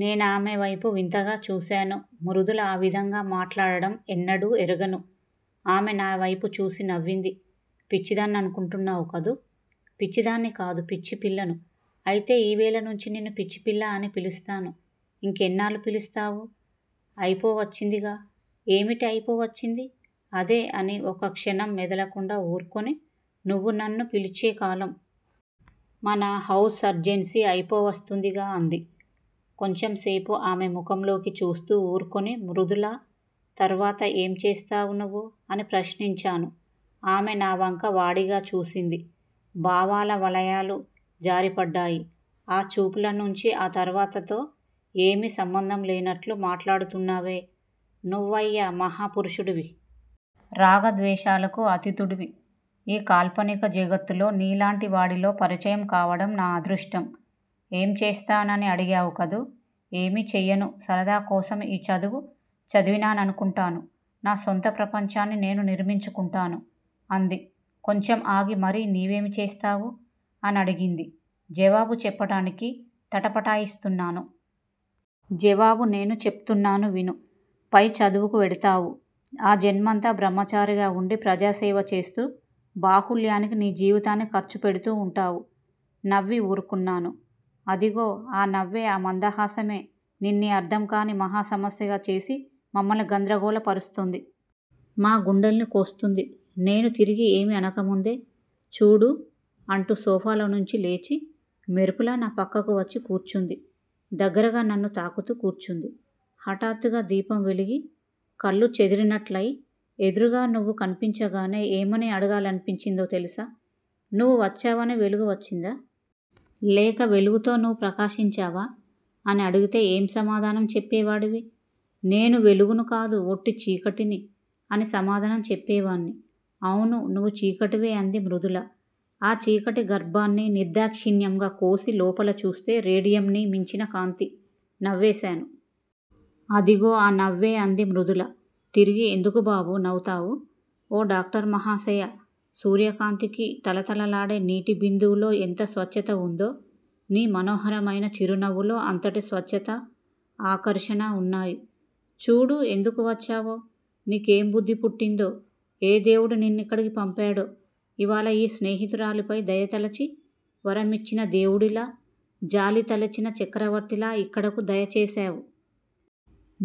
నేనామెవైపు వింతగా చూశాను. మృదుల ఆ విధంగా మాట్లాడటం ఎన్నడూ ఎరుగను. ఆమె నావైపు చూసి నవ్వింది. పిచ్చిదాన్ననుకుంటున్నావు కదూ! పిచ్చిదాన్ని కాదు పిచ్చిపిల్లను. అయితే యివేళ నుంచి నిన్ను 'పిచ్చిపిల్లా' అని పిలుస్తాను. ఇంకెన్నాళ్ళు పిలుస్తావు? అయిపోవచ్చిందిగా ఏమిటి అయిపోవచ్చింది? అదే అని ఒకక్షణం మెదలకుండా ఊరుకుని నువ్వు నన్ను పిలిచేకాలం. మన హౌస్ సర్జన్సీ అయిపోవస్తుందిగా అంది. కొంచెంసేపు ఆమె ముఖంలోకి చూస్తూ ఊరుకుని మృదులా! తర్వాత ఏం చేస్తావు నువ్వు? అని ప్రశ్నించాను. ఆమె నావంక వాడిగా చూసింది భావాల వలయాలు జారిపడ్డాయి ఆ చూపులనుంచి. ఆ తర్వాతతో ఏమీ సంబంధంలేనట్లు మాట్లాడుతున్నావే నువ్వయ్యా మహా పురుషుడివి. రాగద్వేషాలకు అతీతుడివి. ఈ కాల్పనిక జగత్తులో నీలాంటివాడిలో పరిచయం కావటం నా అదృష్టం. ఏం చేస్తానని అడిగావు కదూ! ఏమీ చెయ్యను. సరదాకోసం యీ చదువు చదివాననుకుంటాను. నా సొంత ప్రపంచాన్ని నేను నిర్మించుకుంటాను అంది. కొంచెం ఆగి మరి నీవేమి చేస్తావు? అనడిగింది. జవాబు చెప్పటానికి తటపటాయిస్తున్నాను. జవాబు నేను చెపుతున్నాను విను. పై చదువుకు వెడతావు. ఆజన్మాంత బ్రహ్మచారిగా వుండి ప్రజాసేవ చేస్తూ బాహుళ్యానికి నీ జీవితాన్ని ఖర్చు పెడుతూ వుంటావు. నవ్వి ఊరుకున్నాను. అదిగో ఆ నవ్వే, ఆ మందహాసమే నిన్నీ అర్ధంకాని మహా సమస్యగా చేసి మమ్మల్ని గంద్రగోళ పరుస్తోంది. మా గుండెల్ని కోస్తుంది. నేను తిరిగి ఏమీ అనక ముందే చూడూ! అంటూ సోఫాలోంచి లేచి, మెరుపులా నా ప్రక్కకు వచ్చి కూర్చుంది. దగ్గరగా, నన్ను తాకుతూ కూర్చుంది. హటాత్తుగా దీపం వెలిగి, కళ్ళు చెదిరినట్లయి ఎదురుగా నువ్వు కనిపించగానే ఏమని అడగాలనిపించిందో తెలుసా? నువ్వు వచ్చావని వెలుగు వచ్చిందా? లేక వెలుగుతో నువ్వు ప్రకాశించావా? ' అని. అడిగితే ఏం సమాధానం చెప్పేవాడివి? నేను వెలుగునుకాను. వొట్టి చీకటిని! అని సమాధానం చెప్పేవాణ్ని. అవును, నువ్వు చీకటివే అంది మృదుల. ఆ చీకటి గర్భాన్ని నిర్ధాక్షిణ్యంగా కోసి, లోపల చూస్తే రేడియమ్ ని మించిన కాంతి నవ్వేశాను. అదిగో ఆ నవ్వే అంది మృదుల తిరిగి. ఎందుకు బాబూ! నవ్వుతావు! ఓ డాక్టర్ మహాశయా! సూర్యకాంతికి తళతళలాడే నీటి బిందువులో ఎంత స్వచ్చత వుందో, నీ మనోహరమైన చిరునవ్వులో అంతటి స్వచ్చతా, ఆకర్షణా వున్నాయి. చూడూ! ఎందుకు వచ్చావో, నీకేం బుద్ధి పుట్టిందో, ఏ దేముడు నిన్నిక్కడికి పంపాడో యివాళ యీ స్నేహితురాలిపై దయతలచి, వరమిచ్చిన దేవుడిలా, జాలితలచిన చక్రవర్తిలా యిక్కడకు దయ చేశావు.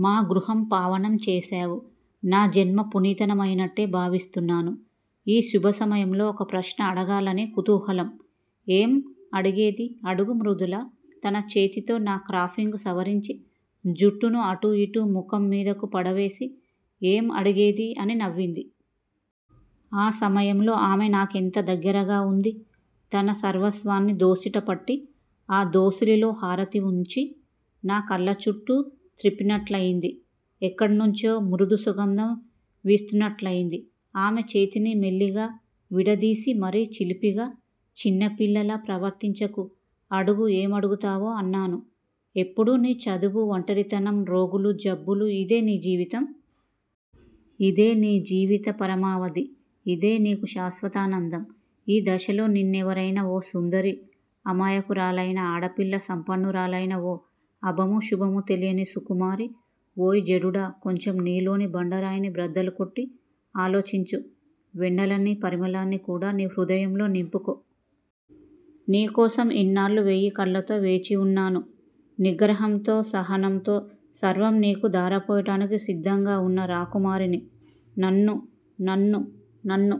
మా గృహం పావనం చేశావు. నా జన్మ పునీతమైనట్టే భావిస్తున్నాను. ఈ శుభసమయంలో ఒక ప్రశ్న అడగాలని కుతూహలం. ఏం? అడిగేదీ? అడుగు మృదుల తన చేతితో నా క్రాఫింగు సవరించి, జుట్టును అటూ యిటూ, ముఖం మీదకు పడవేసి ఏం అడిగేదీ? అని నవ్వింది. ఆ సమయంలో ఆమె నాకెంత దగ్గరగా వుంది! తన సర్వస్వాన్నీ దోసిట పట్టి, ఆ దోసిలిలో హారతి వుంచి, నా కళ్ళచుట్టు త్రిప్పినట్లయింది. ఎక్కడినుంచో మృదు సుగంధం వీస్తున్నట్లయింది. ఆమె చేతిని మెల్లిగా విడదీసి మరీ చిలిపిగా, చిన్నపిల్లలా ప్రవర్తించకు! అడుగు. ఏమడుగుతావో అన్నాను. ఎప్పుడూ నీ చదువు, వంటరితనం, రోగులు, జబ్బులు_యిదే నీ జీవితం. ఇదే నీ జీవిత పరమావధి. ఇదే నీకు శాశ్వతానందం. ఈ దశలో నిన్నెవరైనా ఓ సుందరి, అమాయకురాలైన ఆడపిల్ల సంపన్నురాలైన ఓ అభమూ శుభమూ తెలియని సుకుమారి 'ఓయి జడుడా! కొంచెం నీలోని బండరాయిని బ్రద్దలు కొట్టి ఆలోచించు. వెన్నెలనీ, పరిమళాన్నీ కూడా నీ హృదయంలో నింపుకో. నీకోసం యిన్నాళ్ళు వెయ్యి కళ్ళతో వేచివున్నాను. నిగ్రహంతో, సహనంతో సర్వం నీకు ధారపోయటానికి సిద్ధంగా వున్న రాకుమారిని. నన్ను నన్ను నన్ను